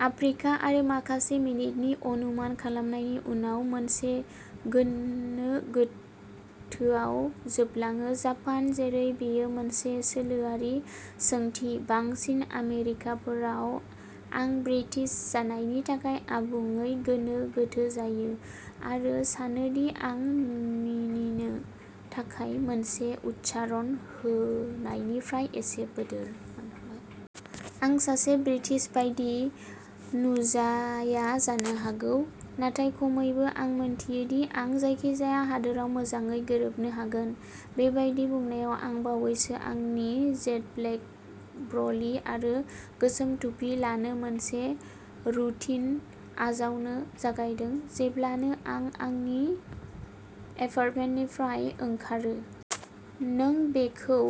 Africa आरो माखासे मिनिटनि अनुमान खालामनायनि उनाव, मोनसे गोनो गोथोआव जोबलाङो जापान जेरै बेयो मोनसे सोलोआरि सोंथि। बांसिन आमेरिकानफोरा, आं ब्रिटिश जानायनि थाखाय आबुङै गोनो गोथो जायो, आरो सानो दि आं मिनिनो थाखाय मोनसे उच्चारण होनायनिफ्राय एसे बोदोर। आं सासे ब्रिट बायदि नुजाया जानो हागौ, नाथाय खमैबो आं मिथियो दि आं जायखिजाया हादोराव मोजाङै गोरोबनो हागोन। बेबादि बुंनायाव, आं बावैसो आंनि जेट-ब्लेक ब्र'ली आरो गोसोम टुपि लानो मोनसे रुटिन आजावनो जागायदों, जेब्लानो आं आंनि एपार्टमेन्टनिफ्राय ओंखारो। नों बेखौ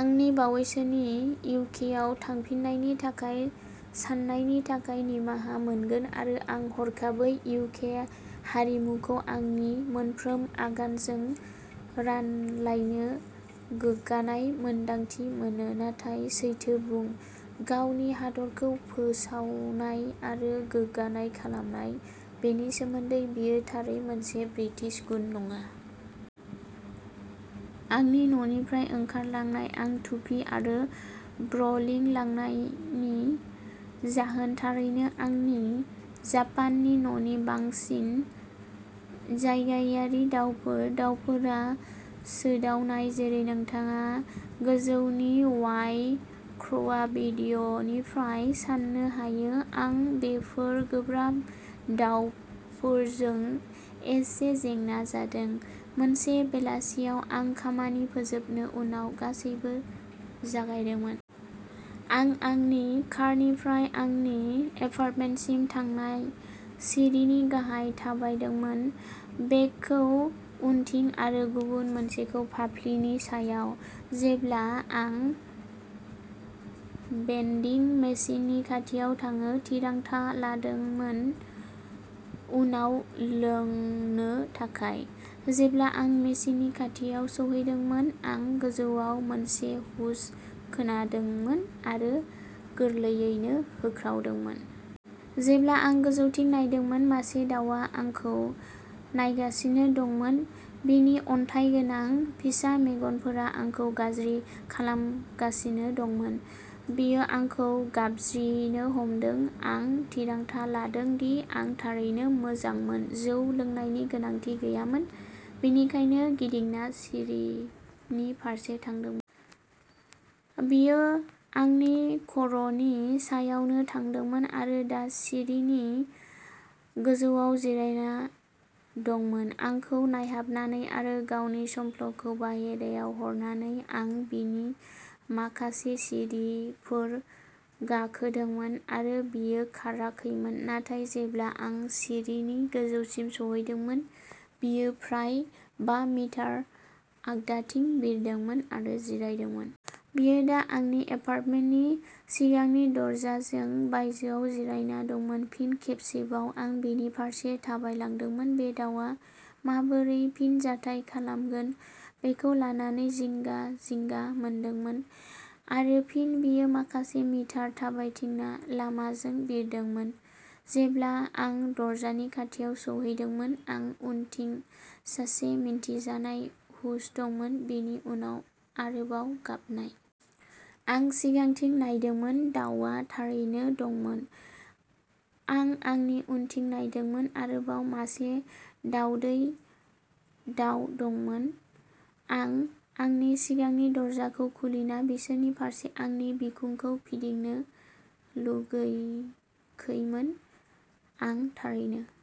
आंनि बावैसोनि इउकेआव थांफिन्नायनि थाखाय साननायनि थाखाय निमाहा मोनगोन आरो आं हरखाबै इउके हारिमुखौ आंनि मोनफ्रोम आगानजों रानलायनो गोग्गानाय मोन्दांथि मोनो। नाथाय सैथो बुं, गावनि हादोरखौ फोसावनाय आरो गोग्गानाय खालामनाय। बेनि सोमोन्दै बेयो थारै मोनसे ब्रिटिश गुन नङा। आंनि न'निफ्राय ओंखारलांनायाव आं टुपि आरो ब्र'लि लांनायनि जाहोना थारैनो आंनि जापाननि न'नि बांसिन जायगायारि। दाउफोर। दाउफोर सोदावनाय। जेरै नोंथाङा गोजौनि'वाइ क्र'वाइ'भिडिय'निफ्राय सान्नो हायो, आं बेफोर गोब्राब दावफोरजों एसे जेंना जादों। मोनसे बेलासियाव आं खामानि फोजोबनायनि उनाव गासैबो जागायदोंमोन। आं आंनि कारनिफ्राय आंनि एपार्टमेन्टसिम थांनाय सिरिनि गाहायाव थाबायदोंमोन, बेगखौ उनथिं आरो गुबुन मोनसेखौ फाफ्लिनि सायाव, जेब्ला आं भेन्डिं मेसिननि खाथियाव थांनो थिरांथा लादोंमोन उनाव लोंनो थाखाय। जेब्ला आं मेसिननि खाथियाव सौहैदोंमोन, आं गोजौआव मोनसे हुश खोनादोंमोन आरो गोरलैयैनो हांख्रावदोंमोन। जेब्ला आं गोजौथिं नायदोंमोन, मासे दाउआ आंखौ नायगासिनो दंमोन; बिनि अन्थाइ गोनां फिसा मेगनफोरा आंखौ गाज्रि खालामगासिनो दंमोन। बियो आंखौ गाबज्रिनो हमदोंमोन। आं थिरांथा लादोंमोन दि आं थारैनो मोजांमोन। जौ लोंनायनि गोनांथि गैयामोन, बेनिखायनो गिदिंना सिरिनि फारसे थांदोंमोन। बियो आंनि खर'नि सायावसो थांदोंमोन आरो दा सिरिनि गोजौआव जिरायना दंमोन, आंखौ नायहाबनानै आरो गावनि संफ्लखौ बाहेरायाव हगारनानै। आं गिबि माखासे सिरिफोर गाखोदोंमोन आरो बियो खाराखैमोन, नाथाय जेब्ला आं सिरिनि गोजौसिम सौहैदोंमोन, बियो फ्राय बा मिटार आगदाथिं बिरदोंमोन आरो जिरायदोंमोन। बियो दा आंनि एपार्टमेन्टनि सिगांनि दरजानि बायजोआव जिरायना दंमोन। फिन खेबसेबाव आं बिनि फारसे थाबायलांदोंमोन, बे दाउआ माबोरै फिनजाथाय खालामगोन बेखौ लानानै जिंगा-जिंगा मोनदोंमोन आरो फिन बियो माखासे मिटार थाबायथिंनाय लामाजों बिरदोंमोन। जेब्ला आं दरजानि खाथियाव सौहैदोंमोन, आंनि उनथिं सासे मिथिजानाय हुश दंमोन, बिनि उनाव आरोबाव गाबनाय। आं सिगांथिं नायदोंमोन, दाउआ थारैनो दंमोन। आं आंनि उनथिं नायदोंमोन आरोबाव मोनसे दावदै दाउ दंमोन आं आंनि सिगांनि दरजाखौ खुलिना बिसोरनि फारसे आंनि बिखुंखौ फिदिंनो लुगैाखैमोन आं थारैनो।